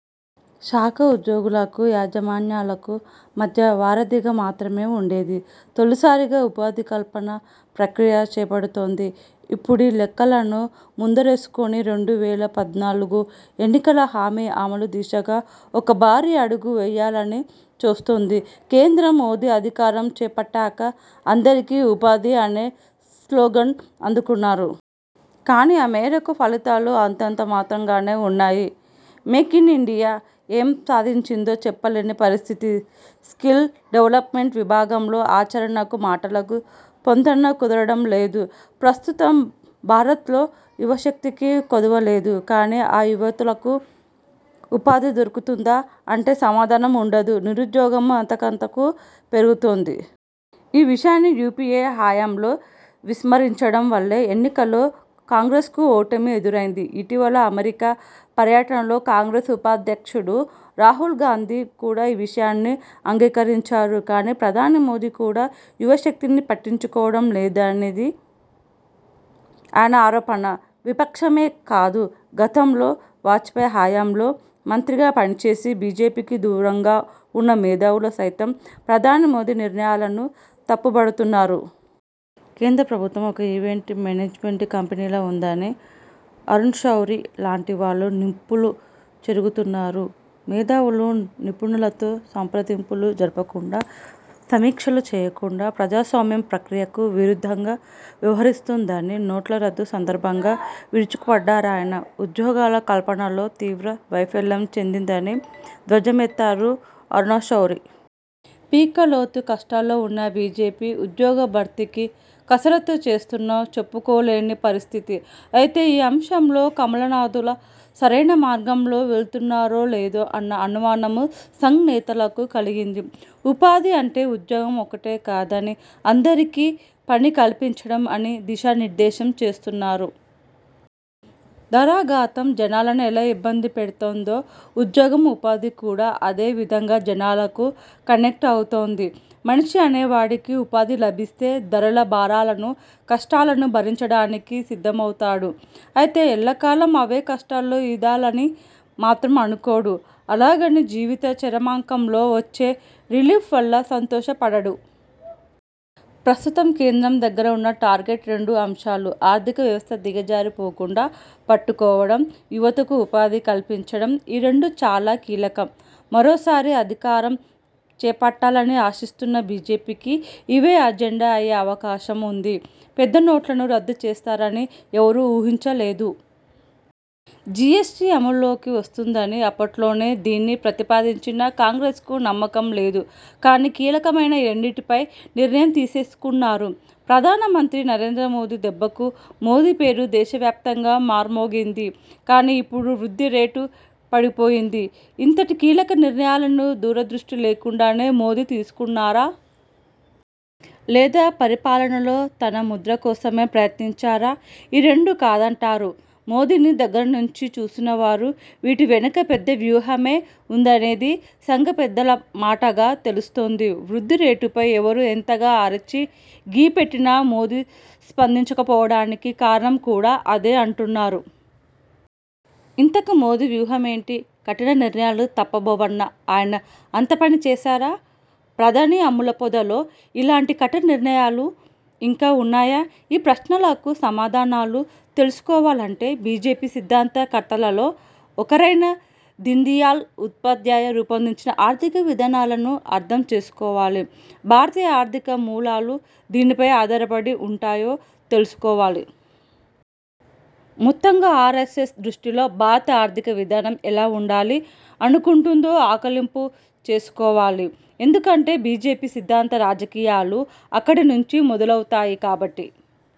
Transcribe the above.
శాఖ ఉద్యోగులకు, యాజమాన్యాలకు మధ్య వారధిగా మాత్రమే ఉండేది. తొలిసారిగా ఉపాధికల్పన ప్రక్రియ చేపడుతోంది. ఇప్పుడీ లెక్కలను ముందరేసుకుని రెండు వేల పద్నాలుగు ఎన్నికల హామీ అమలు దిశగా ఒక భారీ అడుగు వేయాలని చూస్తోంది కేంద్రం. మోదీ అధికారం చేపట్టాక అందరికీ ఉపాధి అనే స్లోగన్ అందుకున్నారు. కానీ ఆ మేరకు ఫలితాలు అంతంత మాత్రంగానే ఉన్నాయి. మేక్ఇన్ఇండియా ఏం సాధించిందో చెప్పలేని పరిస్థితి. స్కిల్ డెవలప్మెంట్ విభాగంలో ఆచరణకు, మాటలకు పొంతన కుదరడం లేదు. ప్రస్తుతం భారత్లో యువశక్తికి కొదవలేదు. కానీ ఆ యువతలకు ఉపాధి దొరుకుతుందా అంటే సమాధానం ఉండదు. నిరుద్యోగం అంతకంతకూ పెరుగుతోంది. ఈ విషయాన్ని యూపీఏ హయాంలో విస్మరించడం వల్లే ఎన్నికల్లో కాంగ్రెస్కు ఓటమి ఎదురైంది. ఇటీవల అమెరికా పర్యటనలో కాంగ్రెస్ ఉపాధ్యక్షుడు రాహుల్ గాంధీ కూడా ఈ విషయాన్ని అంగీకరించారు. కానీ ప్రధాని మోదీ కూడా యువశక్తిని పట్టించుకోవడం లేదనేది ఆయన ఆరోపణ. విపక్షమే కాదు గతంలో వాజ్పేయ్ హయాంలో మంత్రిగా పనిచేసి బీజేపీకి దూరంగా ఉన్న మేధావులు సైతం ప్రధాని మోదీ నిర్ణయాలను తప్పుబడుతున్నారు. కేంద్ర ప్రభుత్వం ఒక ఈవెంట్ మేనేజ్మెంట్ కంపెనీలా ఉందని అరుణ్శౌరీ లాంటి వాళ్లు నిప్పులు చెరుగుతున్నారు. మేధావులు, నిపుణులతో సంప్రదింపులు జరపకుండా సమీక్షలు చేయకుండా ప్రజాస్వామ్య ప్రక్రియకు విరుద్ధంగా వ్యవహరిస్తోందని నోట్ల రద్దు సందర్భంగా విరుచుకుపడ్డారాయన. ఉద్యోగాల కల్పనలో తీవ్ర వైఫల్యం చెందిందని ధ్వజమెత్తారు అరుణ్శౌరి. పీకల్లోతు కష్టాల్లో ఉన్న బీజేపీ ఉద్యోగ భర్తీకి కసరత్తు చేస్తున్నా చెప్పుకోలేని పరిస్థితి. అయితే ఈ అంశంలో కమలనాథుల సరైన మార్గంలో వెళ్తున్నారో లేదో అన్న అనుమానం సంఘ్ నేతలకు కలిగింది. ఉపాధి అంటే ఉద్యోగం ఒక్కటే కాదని అందరికీ పని కల్పించడం అని దిశానిర్దేశం చేస్తున్నారు. ధరాగాతం జనాలను ఎలా ఇబ్బంది పెడుతోందో ఉద్యోగం, ఉపాధి కూడా అదే విధంగా జనాలకు కనెక్ట్ అవుతోంది. మనిషి అనేవాడికి ఉపాధి లభిస్తే ధరల భారాలను, కష్టాలను భరించడానికి సిద్ధమవుతాడు. అయితే ఎల్లకాలం అవే కష్టాల్లో ఈదాలని మాత్రం అనుకోడు. అలాగని జీవిత చరమాంకంలో వచ్చే రిలీఫ్ వల్ల సంతోషపడడు. ప్రస్తుతం కేంద్రం దగ్గర ఉన్న టార్గెట్ రెండు అంశాలు. ఆర్థిక వ్యవస్థ దిగజారిపోకుండా పట్టుకోవడం. యువతకు ఉపాధి కల్పించడం. ఈ రెండు చాలా కీలకం. మరోసారి అధికారం చేపట్టాలని ఆశిస్తున్న బీజేపీకి ఇవే అజెండా అయ్యే అవకాశం ఉంది. పెద్దనోట్లను రద్దు చేస్తారని ఎవరూ ఊహించలేదు. జీఎస్టీ అమలులోకి వస్తుందని అప్పట్లోనే దీన్ని ప్రతిపాదించిన కాంగ్రెస్కు నమ్మకం లేదు. కానీ కీలకమైన ఈ రెండింటిపై నిర్ణయం తీసేసుకున్నారు ప్రధాన మంత్రి నరేంద్ర మోదీ. దెబ్బకు మోదీ పేరు దేశవ్యాప్తంగా మార్మోగింది. కానీ ఇప్పుడు వృద్ధి రేటు పడిపోయింది. ఇంతటి కీలక నిర్ణయాలను దూరదృష్టి లేకుండానే మోదీ తీసుకున్నారా? లేదా పరిపాలనలో తన ముద్ర కోసమే ప్రయత్నించారా? ఈ రెండూ కాదంటారు మోదీని దగ్గర నుంచి చూసినవారు. వీటి వెనక పెద్ద వ్యూహమే ఉందనేది సంఘ పెద్దల మాటగా తెలుస్తోంది. వృద్ధి రేటుపై ఎవరు ఎంతగా అరిచి గీపెట్టినా మోదీ స్పందించకపోవడానికి కారణం కూడా అదే అంటున్నారు. ఇంతకీ మోదీ వ్యూహమేంటి కఠిన నిర్ణయాలు తప్పబోవన్న ఆయన అంతపనీ చేశారా ప్రధాని అమ్ములపొదలో ఇలాంటి కఠిన నిర్ణయాలు ఇంకా ఉన్నాయా?.. ఈ ప్రశ్నలకు సమాధానాలు తెలుసుకోవాలంటే బీజేపీ సిద్ధాంత కర్తలలో ఒకరైన దీన్దయాల్ ఉపాధ్యాయ రూపొందించిన ఆర్థిక విధానాలను అర్థం చేసుకోవాలి. భారతీయ ఆర్థిక మూలాలు దేనిపై ఆధారపడి ఉంటాయో తెలుసుకోవాలి. మొత్తంగా ఆర్ఎస్ఎస్ దృష్టిలో భారత ఆర్థిక విధానం ఎలా ఉండాలి అనుకుంటుందో ఆకలింపు చేసుకోవాలి. ఎందుకంటే బీజేపీ సిద్ధాంత రాజకీయాలు అక్కడి నుంచి మొదలవుతాయి కాబట్టి.